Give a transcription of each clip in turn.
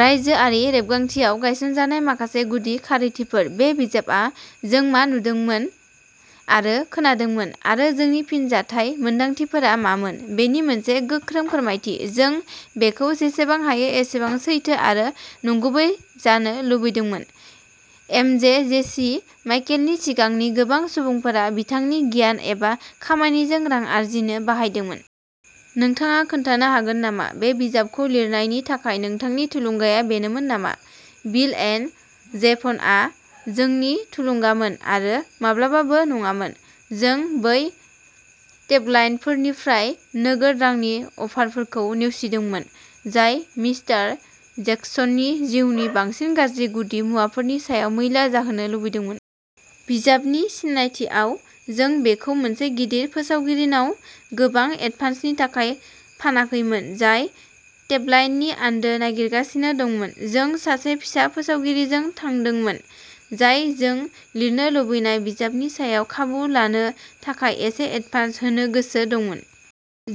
रायजोआरि रेबगान्थियाव गायसनजानाय माखासे गुदि खारिथिफोर बे बिजाबआ जों मा नुदोंमोन आरो खोनादोंमोन आरो जोंनि फिनजाथाय मोनदांथिफोरा मामोन बेनि मोनसे गोख्रों फोरमायथि। जों बेखौ जेसेबां हायो एसेबां सैथो आरो नंगुबै जानो लुबैदोंमोन। एमजेजेसि माइकेलनि सिगांनि गोबां सुबुंफोरा बिथांनि गियान एबा खामानिजों रां आर्जिनो बाहायदोंमोन। नोंथाङा खोन्थानो हागोन नामा बे बिजाबखौ लिरनायनि थाखाय नोंथांनि थुलुंगाया बेनोमोन नामा? बिल एन्ड जेभनआ जोंनि थुलुंगामोन आरो माब्लाबाबो नङामोन। जों बै टेबलाइडफोरनिफ्राय नोगोद रांनि अफारफोरखौ नेवसिदोंमोन जाय मिस्टार जेक्सननि जिउनि बांसिन गाज्रि गुदि मुवाफोरनि सायाव मैला जाहोनो लुबैदोंमोन। बिजाबनि सिनायथिआव जों बेखौ मोनसे गिदिर फोसावगिरिनाव गोबां एडभान्सनि थाखाय फानाखैमोन, जाय टेबलाइडनि आन्दो नागिरगासिनो दंमोन। जों सासे फिसा फोसावगिरिजों थांदोंमोन, जाय जों लिरनो लुबैनाय बिजाबनि सायाव खाबु लानो थाखाय एसे एडभान्स होनो गोसो दंमोन।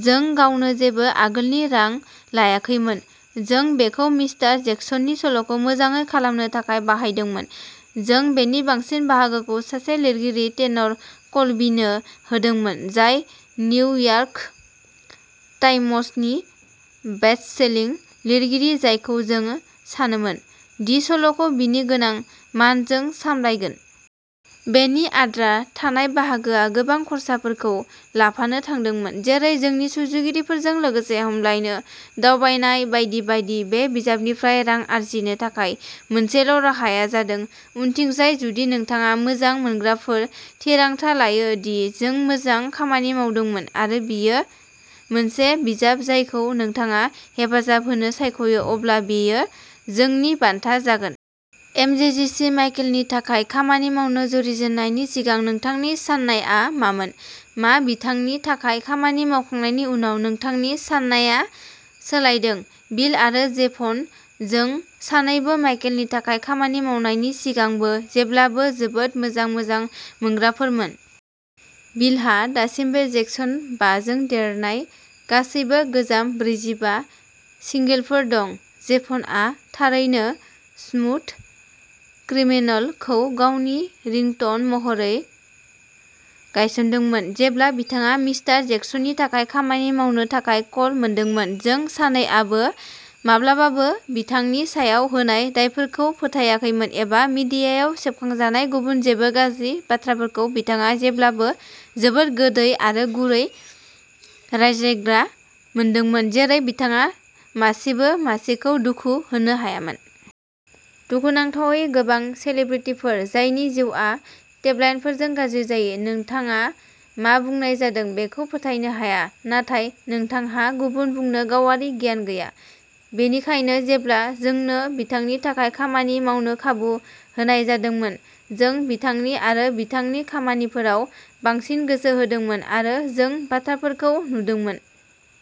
जों गावनो जेबो आगोलनि रां लायाखैमोन। जों बेखौ मिस्टार जेक्सननि सल'खौ मोजाङै खालामनो थाखाय बाहायदोंमोन। जों बेनि बांसिन बाहागोखौ सासे लिरगिरि, टेनर कल्बीनो होदोंमोन, जाय निउयर्क टाइम्सनि बेस्टसेलिं लिरगिरि, जायखौ जों सानोमोन दि सल'खौ बिनि गोनां मानजों सामलायगोन। बेनि आद्रा थानाय बाहागोआ गोबां खर्साफोरखौ लाफानो थांदोंमोन, जेरै जोंनि सुजुगिरिफोरजों लोगो हमलायनो दावबायनाय बायदि बायदि। बे बिजाबनिफ्राय रां आर्जिनो थाखाय मोनसेल' राहाया जादों उनथिंजाय जुदि नोंथाङा, मोजां मोनग्राफोर, थिरांथा लायो दि जों मोजां खामानि मावदोंमोन आरो बेयो मोनसे बिजाब जायखौ नोंथाङा हेफाजाब होनो सायख'यो, अब्ला बेयो जोंनि बान्था जागोन। एमजेजेसी माइकेलनि थाखाय खामानि मावनो जुरिजेननायनि सिगां नोंथांनि साननायआ मामोन? मा बिथांनि थाखाय खामानि मावखांनायनि उनाव नोंथांनि साननाया सोलायदों? बिल आरो जेभन जों सानैबो माइकेलनि थाखाय खामानि मावनायनि सिगांबो जेब्लाबो जोबोद मोजां मोजां मोनग्राफोरमोन। बिलहा दासिमबो जेक्सन बाजों देरनाय गासैबो गोजाम ब्रैजिबा सिंगोलफोर दं। जेभ'नआ थारैनो स्मुथ क्रिमिनल खौ गावनि रिंटन महरै गायसनदोंमोन जेब्ला बिथाङा मिस्टार जेक्सननि थाखाय खामानि मावनो थाखाय कल मोनदोंमोन। जों सानैआबो माब्लाबाबो बिथांनि सायाव होनाय दायफोरखौ फोथायाखैमोन एबा मिडियायाव सेबखांजानाय गुबुन जेबो गाज्रि बाथ्राफोरखौ बिथाङा जेब्लाबो जोबोद गोदै आरो गुरै रायज्लायग्रा मोनदोंमोन, जेरै बिथाङा मासेबो मासेखौ दुखु होनो हायामोन। दुखुनांथावै, गोबां सेलिब्रिटिफोर जायनि जिउआ टेबलाइडफोरजों गाज्रि जायो, नोंथाङा मा बुंनाय जादों बेखौ फोथायनो हाया नाथाय नोंथांहा गुबुन बुंनो गावारि गियान गैया। बेनिखायनो जेब्ला जोंनो बिथांनि थाखाय खामानि मावनो खाबु होनाय जादोंमोन, जों बिथांनि आरो बिथांनि खामानिफोराव बांसिन गोसो होदोंमोन आरो जों बाथ्राफोरखौ नुदोंमोन।